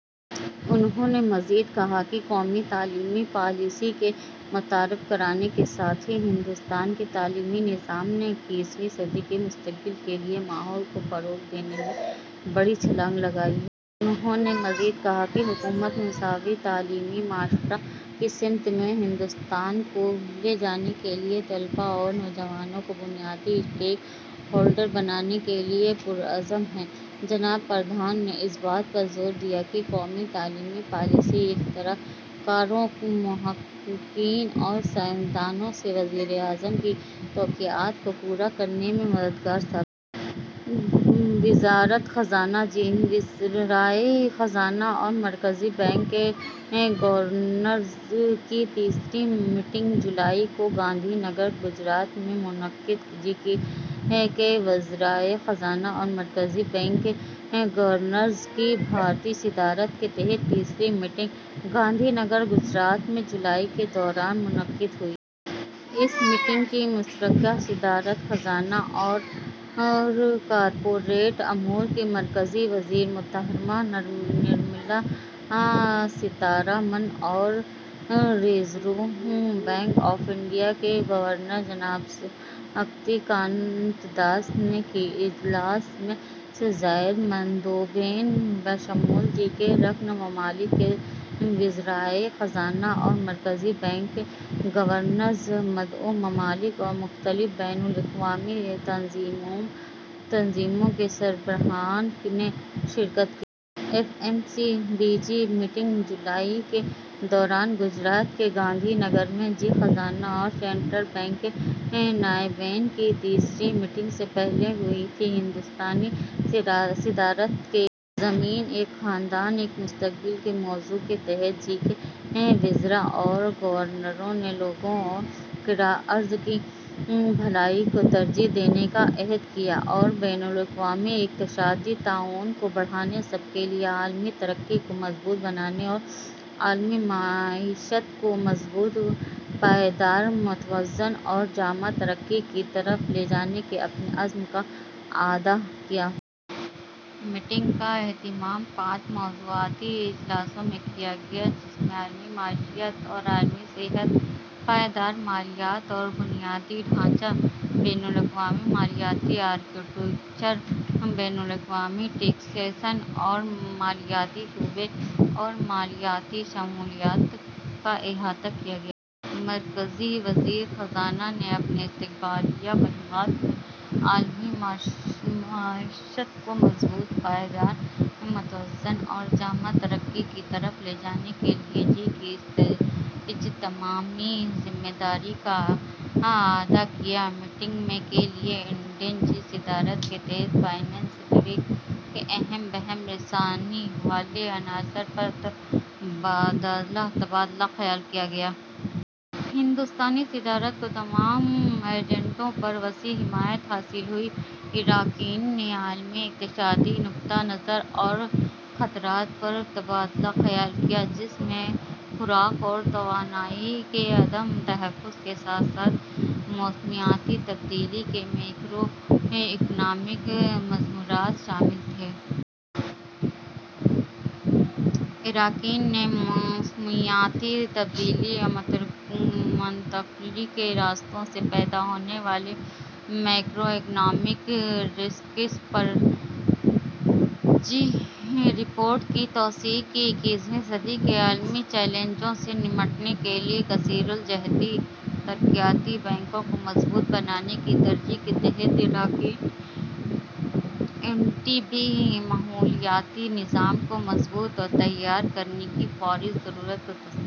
انہوں نے مزید کہا کہ قومی تعلیمی پالیسی- کے متعارف کرانے کے ساتھ ہی ہندوستان کے تعلیمی نظام نے اکیسویں صدی کے مستقبل کے لئے ماحول کو فروغ دینے میں بڑی چھلانگ لگائی ہے۔ انہوں نےمزید کہا کہ حکومت مساوی تعلیمی معاشرہ کی سمت میں ہندوستان کو لے جانے کیلئے طلباء اور نوجوانوں کو بنیادی اسٹیک ہولڈر بنانے کیلئے پُرعزم ہے۔ جناب پردھان نے اس بات پر زور دیا کہ قومی تعلیمی پالیسی اختراع کاروں، محققین اور سائنسدانوں سے وزیراعظم کی توقعات کو پورا کرنے میں مددگار ثابت. وزارت خزانہ جی- وزرائے خزانہ اور مرکزی بینک کے گورنرز کی تیسری میٹنگ - جولائی کو گاندھی نگر، گجرات میں منعقد جی- کے وزرائے خزانہ اور مرکزی بینک کے گورنرز کی بھارتی صدارت کے تحت تیسری میٹنگ گاندھی نگر، گجرات میں - جولائی کے دوران منعقد ہوئی۔ اس میٹنگ کی مشترکہ صدارت خزانہ اور کارپوریٹ امور کی مرکزی وزیر محترمہ نرملا سیتارامن، اور ریزرو بینک آف انڈیا کے گورنر جناب شکتی کانت داس نے کی۔ اجلاس میں سے زائد مندوبین بشمول جی کے رکن ممالک کے وزرائے خزانہ اور مرکزی بینک کے گورنرز، مدعو ممالک اور مختلف بین الاقوامی تنظیموں کے سربراہان نے شرکت کی۔ F M C B G meeting - جولائی کے دوران گجرات کے گاندھی نگر میں جی- خزانہ اور سنٹرل بینک کے نائبین کی تیسری میٹنگ سے پہلے ہوئی تھی۔ ہندوستانی صدارت کے "ایک زمین، ایک خاندان، ایک مستقبل" کے موضوع کے تحت، جی- کے وزراء اور گورنروں نے لوگوں اور کرہ ارض کی بھلائی کو ترجیح دینے کا عہد کیا اور بین الاقوامی اقتصادی تعاون کو بڑھانے، سب کے لیے عالمی ترقی کو مضبوط بنانے اور عالمی معیشت کو مضبوط، پائیدار، متوازن، اور جامع ترقی کی طرف لے جانے کے اپنے عزم کا اعادہ کیا۔ میٹنگ کا اہتمام پانچ موضوعاتی اجلاسوں میں کیا گیا، جس میں عالمی معیشت اور عالمی صحت، پائیدار مالیات اور بنیادی ڈھانچہ، بین الاقوامی مالیاتی آرکیٹیکچر، بین الاقوامی ٹیکسیشن، اور مالیاتی شعبے اور مالیاتی شمولیت کا احاطہ کیا گیا۔ مرکزی وزیر خزانہ نے اپنے استقبالیہ کلمات میں عالمی معیشت کو مضبوط، پائیدار، متوازن اور جامع ترقی کی طرف لے جانے کے لیے جی - کی اجتماعی ذمہ داری کا اعادہ کیا۔ میٹنگ میں کے لیے انڈین جی- صدارت کے تحت فائنانس ٹریک کے اہم بہم رسانی والے عناصر پر تبادلہ خیال کیا گیا۔ ہندوستانی صدارت کو تمام ایجنڈوں پر وسیع حمایت حاصل ہوئی۔ اراکین نے عالمی اقتصادی نقطہ نظر اور خطرات پر تبادلہ خیال کیا، جس میں خوراک اور توانائی کے عدم تحفظ کے ساتھ ساتھ موسمیاتی تبدیلی کے میکرو اکنامک مضمرات شامل تھے۔ اراکین نے موسمیاتی تبدیلی اور منتقلی کے راستوں سے پیدا ہونے والے میکرو اکنامک رسکس پر جی- رپورٹ کی توثیق کی۔ اکیسویں صدی کے عالمی چیلنجوں سے نمٹنے کے لیے کثیر الجہتی ترقیاتی بینکوں کو مضبوط بنانے کی ترجیح کے تحت، اراکین نے ایم ڈی بی ماحولیاتی نظام کو مضبوط اور تیار کرنے کی فوری ضرورت کو تسلیم کیا۔